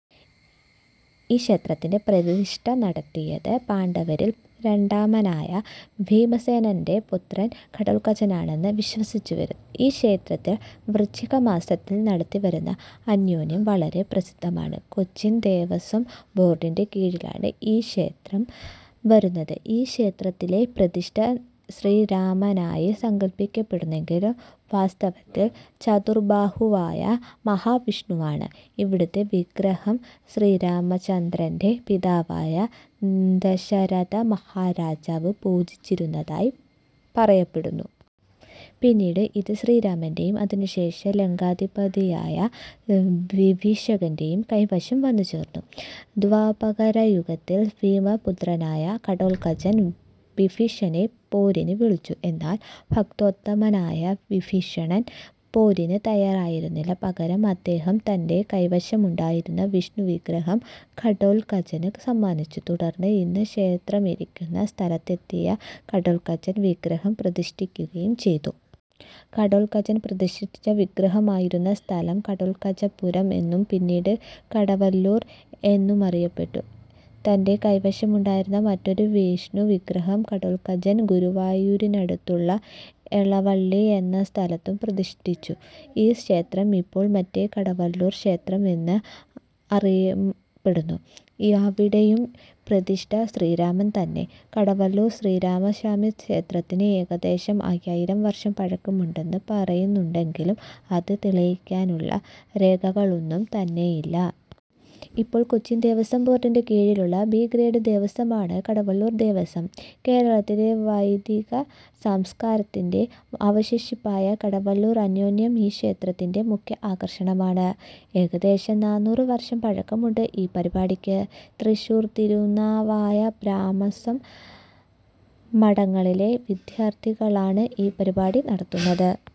ഈ ക്ഷേത്രത്തിലെ പ്രതിഷ്ഠ നടത്തിയത് പാണ്ഡവരിൽ രണ്ടാമനായ ഭീമസേനന്റെ പുത്രൻ ഘടോൽകചനാണെന്ന് വിശ്വസിച്ചുവരുന്നു. ഈ ക്ഷേത്രത്തിൽ വൃശ്ചികമാസത്തിൽ നടത്തിവരുന്ന അന്യോന്യം വളരെ പ്രസിദ്ധമാണ്. കൊച്ചിൻ ദേവസ്വം ബോർഡിന്റെ കീഴിലാണ് ഈ ക്ഷേത്രം വരുന്നത്. ഈ ക്ഷേത്രത്തിലെ പ്രതിഷ്ഠ ശ്രീരാമനായി സങ്കല്പിയ്ക്കപ്പെടുന്നെങ്കിലും വാസ്തവത്തിൽ ചതുർബാഹുവായ മഹാവിഷ്ണുവാണ്. ഇവിടത്തെ വിഗ്രഹം ശ്രീരാമചന്ദ്രന്റെ പിതാവായ ദശരഥമഹാരാജാവ് പൂജിച്ചിരുന്നതായി പറയപ്പെടുന്നു. പിന്നീട് ഇത് ശ്രീരാമന്റെയും അതിനുശേഷം ലങ്കാധിപതിയായ വിഭീഷണന്റെയും കൈവശം വന്നുചേർന്നു. ദ്വാപരയുഗത്തിൽ ഭീമപുത്രനായ ഘടോൽകചൻ വിഭീഷണനെ പോരിന് വിളിച്ചു. എന്നാൽ, ഭക്തോത്തമനായ വിഭീഷണൻ പോരിന് തയ്യാറല്ലായിരുന്നു. പകരം അദ്ദേഹം തന്റെ കൈവശമുണ്ടായിരുന്ന വിഷ്ണുവിഗ്രഹം ഘടോൽകചന് സമ്മാനിച്ചു. തുടർന്ന് ഇന്ന് ക്ഷേത്രമിരിയ്ക്കുന്ന സ്ഥലത്തെത്തിയ ഘടോൽകചൻ വിഗ്രഹം പ്രതിഷ്ഠിയ്ക്കുകയും ചെയ്തു. ഘടോൽകചൻ പ്രതിഷ്ഠിച്ച വിഗ്രഹമിരിയ്ക്കുന്ന സ്ഥലം 'ഘടോൽകചപുരം' എന്നും പിന്നീട് 'കടവല്ലൂർ' എന്നുമറിയപ്പെട്ടു. തന്റെ കൈവശമുണ്ടായിരുന്ന മറ്റൊരു വിഷ്ണുവിഗ്രഹം ഘടോൽകചൻ ഗുരുവായൂരിനടുത്തുള്ള എളവള്ളി എന്ന സ്ഥലത്തും പ്രതിഷ്ഠിച്ചു. ഈ ക്ഷേത്രം ഇപ്പോൾ 'മറ്റേ കടവല്ലൂർ ക്ഷേത്രം' എന്ന് അറിയപ്പെടുന്നു. ഇവിടെയും പ്രതിഷ്ഠ ശ്രീരാമൻ തന്നെ. കടവല്ലൂർ ശ്രീരാമസ്വാമിക്ഷേത്രത്തിന് ഏകദേശം അയ്യായിരം വർഷം പഴക്കമുണ്ടെന്ന് പറയുന്നുണ്ടെങ്കിലും അത് തെളിയിയ്ക്കാനുള്ള രേഖകളൊന്നും തന്നെയില്ല. ഇപ്പോൾ കൊച്ചിൻ ദേവസ്വം ബോർഡിന്റെ കീഴിലുള്ള 'ബി' ഗ്രേഡ് ദേവസ്വമാണ് കടവല്ലൂർ ദേവസ്വം. കേരളത്തിലെ വൈദിക സംസ്കാരത്തിന്റെ അവശേഷിപ്പായ കടവല്ലൂർ അന്യോന്യം ഈ ക്ഷേത്രത്തിന്റെ മുഖ്യ ആകർഷണമാണ്. ഏകദേശം നാന്നൂറുവർഷം പഴക്കമുണ്ട് ഈ പരിപാടിയ്ക്ക്. തൃശ്ശൂർ, തിരുനാവായ ബ്രഹ്മസ്വം മഠങ്ങളിലെ വിദ്യാർത്ഥികളാണ് ഈ പരിപാടി നടത്തുന്നത്.